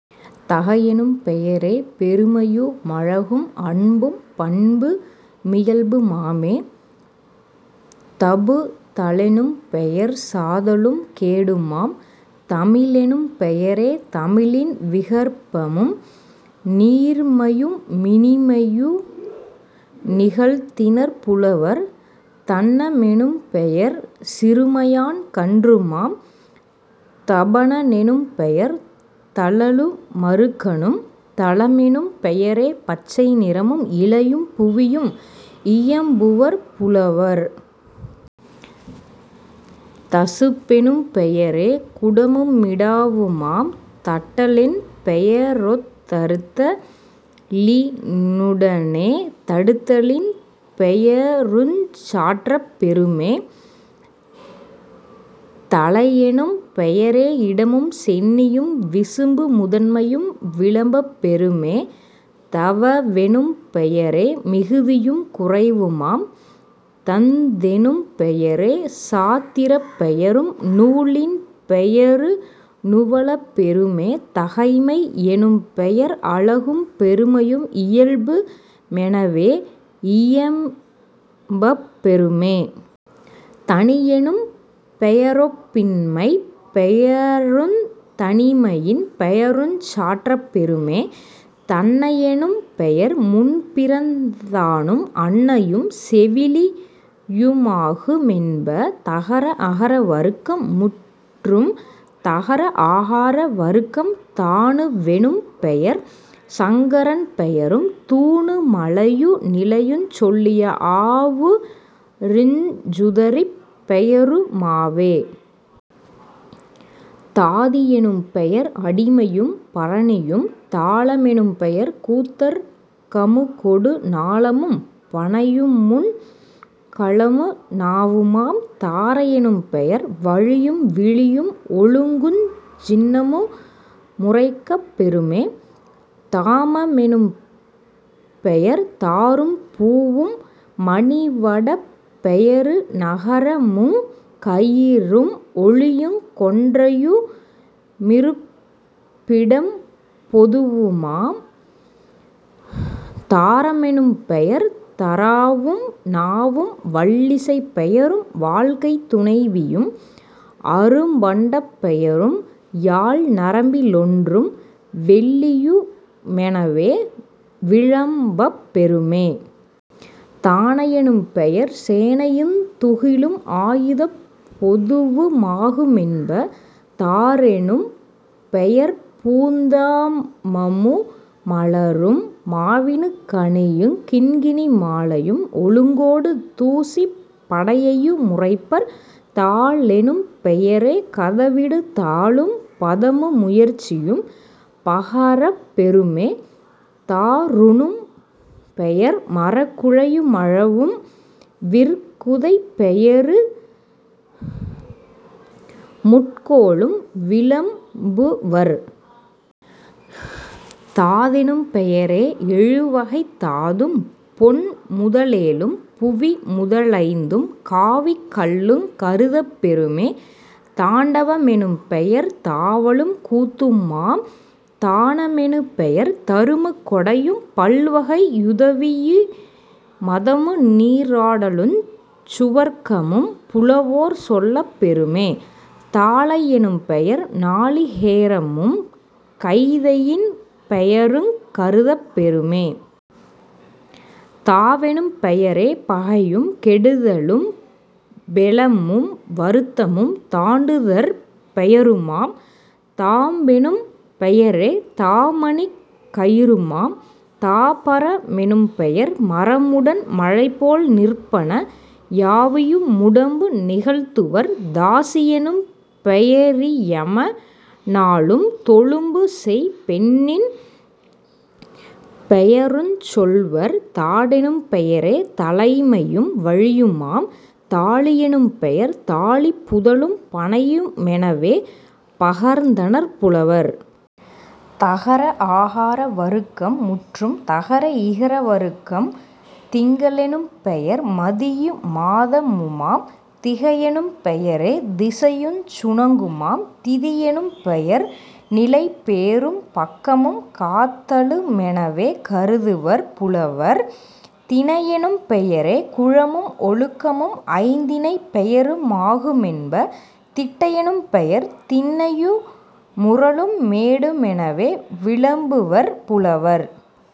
தகையெனும் பெயரே பெருமையு மழகும் அன்பும் பண்பு மியல்பு மாமே..... தபுத லெனும்பெயர் சாதலும் கேடுமாம்..... தமிழெனும் பெயரே தமிழின் விகற்பமும் நீர்மையு மினிமையு நிகழ்த்தினர் புலவர்..... தன்ன மெனும்பெயர் சிறுமையான் கன்றுமாம்..... தபன னெனும்பெயர் தழலு மருக்கனும்..... தலமெனும் பெயரே பச்சை நிறமும் இலையும் புவியும் இயம்புவர் புலவர்..... தசும்பெனும் பெயரே குடமு மிடாவுமாம்..... தட்ட லென்பெய ரொத்தறுத்த லினுடனே தடுத்தலின் பெயருஞ் சாற்றப் பெறுமே..... தலையெனும் பெயரே இடமும் சென்னியும் விசும்பு முதன்மையும் விளம்பப் பெறுமே..... தவவெனும் பெயரே மிகுதியும் குறைவுமாம்..... தந்தெனும் பெயரே சாத்திரப் பெயரும் நூலின் பெயரு நுவலப் பெறுமே..... தகைமை யெனும்பெயர் அழகும் பெருமையும் இயல்பு மெனவே யியம்பப் பெறுமே..... தனியெனும் பெயரொப் பின்மைப் பெயருந் தனிமையின் பெயருஞ் சாற்றப் பெறுமே..... தன்னை யெனும்பெயர் முன்பிறந் தானும் அன்னையும் செவிலியு மாகு மென்ப..... தகர அகர வருக்கம் முற்றும். தகர ஆகார வருக்கம் தாணு வெனும்பெயர் சங்கரன் பெயரும் தூணு மலையு நிலையுஞ் சொல்லிய ஆவு ரிஞ்சுதறிப் பெயரு மாவே..... தாதி யெனும்பெயர் அடிமையும் பரணியும்..... தால மெனும்பெயர் கூத்தற் கமுகொடு ஞாலமும் பனையு முண்கலமு நாவுமாம்..... தாரை யெனும்பெயர் வழியும் விழியும் ஒழுங்குஞ் சின்னமு முரைக்கப் பெறுமே..... தாம மெனும்பெயர் தாரும் பூவும் மணிவடப் பெயரு நகரமுங் கயிறும் ஒளியுங் கொன்றையு மிருப்பிடப் பொதுவுமாம்..... தார மெனும்பெயர் தராவும் நாவும் வல்லிசைப் பெயரும் வாழ்க்கைத் துணைவியும் அரும்பண்டப் பெயரும் யாழ்நரம்பி லொன்றும் வெள்ளியு மெனவே விளம்பப் பெறுமே..... தானை யெனும்பெயர் சேனையுந் துகிலும் ஆயுதப் பொதுவு மாகு மென்ப..... தாரெனும் பெயர்பூந் தாமமு மலரும் மாவினுக் கணியுங் கிண்கிணி மாலையும் ஒழுங்கோடு தூசிப் படையையு முரைப்பர்..... தாழெனும் பெயரே கதவிடு தாலும் பதமு முயற்சியும் பகரப் பெறுமே..... தாறுனும் பெயர்மரக் குலையு மளவும் விற்குதைப் பெயரு முட்கோலும் விளம்புவர்..... தாதெனும் பெயரே யெழுவகைத் தாதும் பொன்முத லேழும் புவிமுத லைந்தும் காவிக் கல்லுங் கருதப் பெறுமே..... தாண்டவ மெனும்பெயர் தாவலும் கூத்துமாம்..... தான மெனுபெயர் தருமக் கொடையும் பல்வகை யுதவியு மதமு நீராடலுஞ் சுவர்க்கமும் புலவோர் சொல்லப் பெறுமே..... தாழை யெனும்பெயர் நாளி கேரமும் கைதையின் பெயருங் கருதப் பெறுமே..... தாவெனும் பெயரே பகையும் கெடுதலும் பெலமும் வருத்தமும் தாண்டுதற் பெயருமாம்..... தாம்பெனும் பெயரே தாமணிக் கயிறுமாம்..... தாபர மெனும்பெயர் மரமுடன் மழைபோல் நிற்பன யாவையு முடம்பு நிகழ்த்துவர்..... தாசி யெனும்பெய ரியம னாளும் தொழும்பு செய்பெண்ணின் பெயருஞ் சொல்வர்..... தாடெனும் பெயரே தலைமையும் வலியுமாம்..... தாளி யெனும்பெயர் தாளிப் புதலும் பனையு மெனவே பகர்ந்தனர் புலவர்..... தகர ஆகார வருக்கம் முற்றும். தகர இகர வருக்கம் திங்க ளெனும்பெயர் மதியு மாதமுமாம்..... திகையெனும் பெயரே திசையுஞ் சுணங்குமாம்..... திதியெனும் பெயர்நிலை பேறும் பக்கமும் காத்தலு மெனவே கருதுவர் புலவர்..... திணையெனும் பெயரே குலமும் ஒழுக்கமும் ஐந்திணைப் பெயரு மாகு மென்ப..... திட்டை யெனும்பெயர் திண்ணையு முரலும் மேடு மெனவே விளம்புவர் புலவர்.....